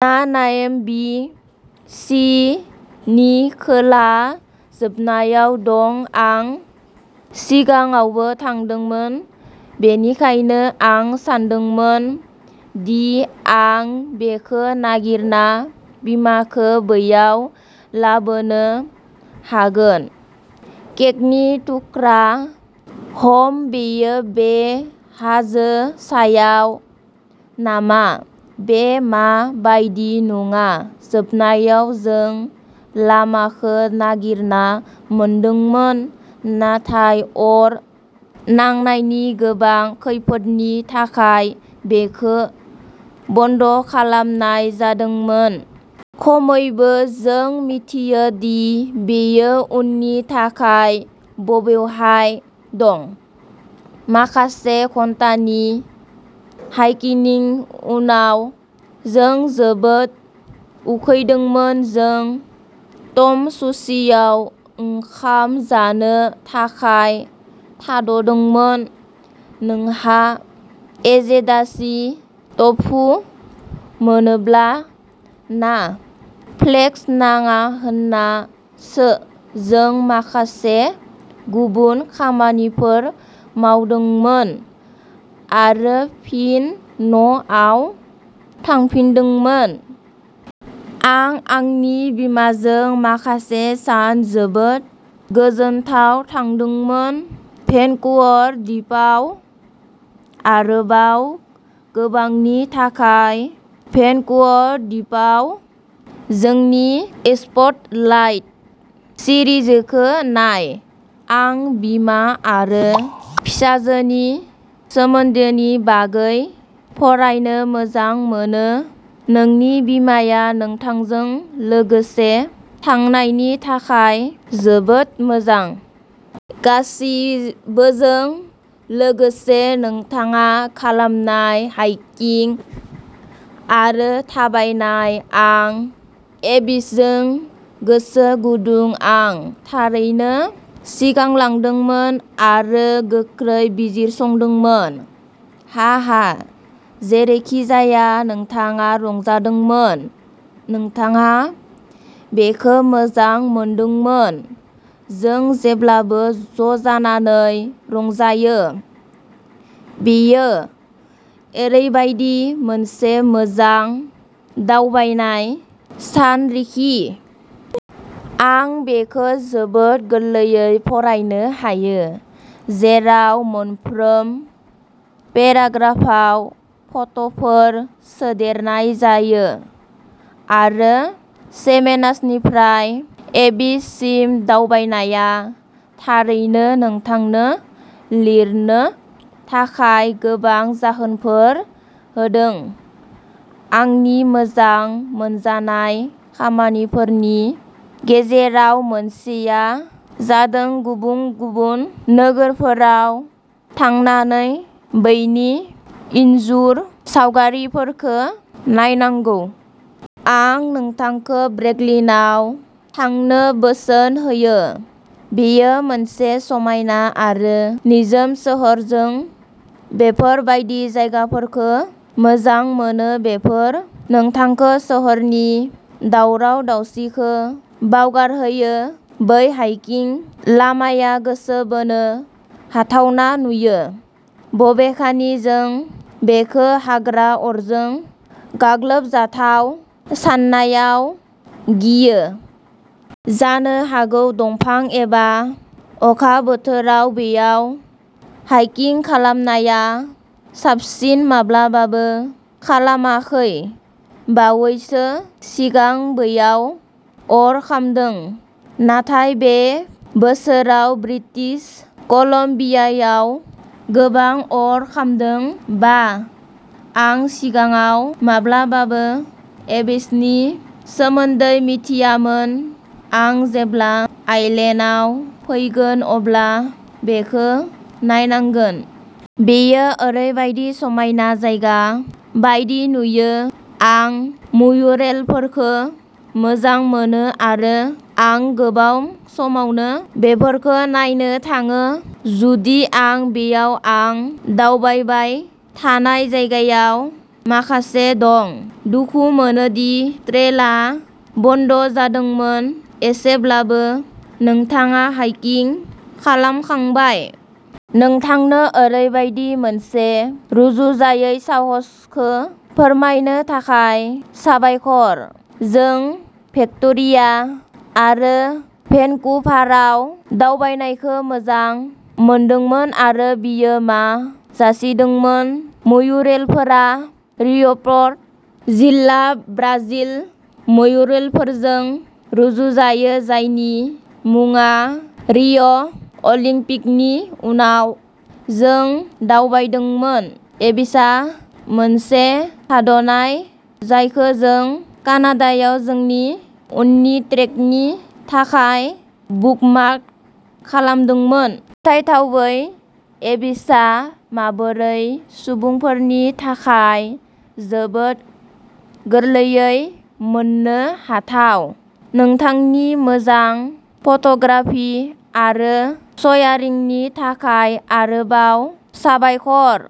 नानाइम'बि सि नि खोला जोबनायाव दं। आं सिगाङावबो थांदोंमोन, बेनिखायनो आं सानदोंमोन दि आं बेखो नागिरना बिमाखो बैयाव लाबोनो हागोन। केकनि थुख्रा। हम्म, बियो बे हाजो सायाव नामा? बे मा बायदि? नङा जोबनायाव जों लामाखो नागिरना मोनदोंमोन, नाथाय अर नांनायनि गोबां खैफोदनि थाखाय बेखो बन्द खालामनाय जादोंमोन। खमैबो जों मिथियो दि बेयो उननि थाखाय बबेवहाय दं। माखासे घन्टानि हाइकिनिं उनाव, जों जोबोद उखैदोंमोन। जों ट'म'सुशिआव ओंखाम जानो थाखाय थाथ'दोंमोन। नोंहा एजेदाशि ट'फु मोनोब्ला ना फ्लेक्स नाङा होनना सो। जों माखासे गुबुन खामानिफोर मावदोंमोन आरो फिन न'आव थांफिनदोंमोन। आं आंनि बिमाजों माखासे सान जोबोद गोजोनथाव थादोंमोन। भेनकुवर दिपआव आरोबाव गोबांनि थाखाय भेनकुवर दिपआव जोंनि स्पटलाइट सिरिजखौ नाय। आं बिमा आरो फिसाजोनि सोमोन्दोनि बागै फरायनो मोजां मोनो। नोंनि बिमाया नोंथांजों लोगोसे थांनायनि थाखाय जोबोद मोजां। गासिबोजों लोगोसे। नोंथाङा खालामनाय हाइकिं आरो थाबायनाय आं एबिसजों गोसो गुदुं। आं थारैनो सिगांलांदोंमोन आरो गोख्रै बिजिरसंदोंमोन। हाहा जेरैखिजाया, नोंथाङा रंजादोंमोन! नोंथाङा बेखो मोजां मोनदोंमोन! जों जेब्लाबो ज'जानानै रंजायो। बेयो ओरैबायदि मोनसे मोजां दावबायनाय सानरिखि। आं बेखो जोबोद गोरलैयै फरायनो हायो, जेराव मोनफ्रोम पेराग्राफआव फट'फोर सोदेरनाय जायो। आरो चेमेनासनिफ्राय एबिस सिम दावबायनाया थारैनो नोंथांनो लिरनो थाखाय गोबां जाहोनफोर होदों। आंनि मोजां मोनजानाय खामानिफोरनि गेजेराव मोनसेआ जादों गुबुन-गुबुन नोगोरफोराव थांनानै बैनि इनजुर सावगारिफोरखौ नायनांगौ। आं नोंथांखौ ब्रेकलिनआव थांनो बोसोन होयो, बेयो मोनसे समायना आरो निजोम सोहोर। जों बेफोर बायदि जायगाफोरखौ मोजां मोनो बेफोर नोंथांखौ सोहोरनि दावराव-दावसिखो बावगारहोयो। बै हाइकिं लामाया गोसो बोनो हाथावना नुयो, बबेखानि जों बेखो हाग्रा अरजों गाग्लोबजाथाव साननायाव गियो। जानो हागौ दंफां एबा अखा बोथोराव बेयाव हाइकिं खालामनाया साबसिन। माब्लाबाबो खालामाखै। बावैसो सिगां बैयाव अर खामदों, नाथाय बे बोसोराव ब्रिटिश कलम्बियायाव गोबां अर खामदों। बाह, आं सिगाङाव माब्लाबाबो एबिसनि सोमोन्दै मिथियामोन। आं जेब्ला आइलेन्डआव फैगोन अब्ला बेखो नायनांगोन। बेयो ओरैबायदि समायना जायगा बायदि नुयो। आं म्युरेलफोरखो मोजां मोनो आरो आं गोबां समावनो बेफोरखो नायनो थाङो, जुदि आं बेयाव आं दावबायबाय थानाय जायगायाव माखासे दं। दुखु मोनो दि ट्रेलआ बन्द जादोंमोन, एसेब्लाबो नोंथाङा हाइकिं खालामखांबाय। नोंथांनो ओरैबायदि मोनसे रुजुजायै साहसखो फोरमायनो थाखाय साबायखर। जों भेक्ट'रिया आरो भेनकुभाराव दावबायनायखौ मोजां मोनदोंमोन आरो बेयो मा जासिदोंमोन। म्युरेलफोरा रिय'पर्ट जिल्ला ब्राजिल म्युरेलफोरजों रुजुजायो, जायनि मुङा रिय'अलिम्पिकनि उनाव जों दावबायदोंमोन। एबिसआ मोनसे थाद'नाय जायखौ जों कानाडायाव जोंनि उननि ट्रेकनि थाखाय बुकमार्क खालामदोंमोन। फोथायथावै एबिसआ माबोरै सुबुंफोरनि थाखाय जोबोद गोरलैयै मोननो हाथाव। नोंथांनि मोजां फट'ग्राफि आरो शयारिंनि थाखाय आरोबाव साबायखर।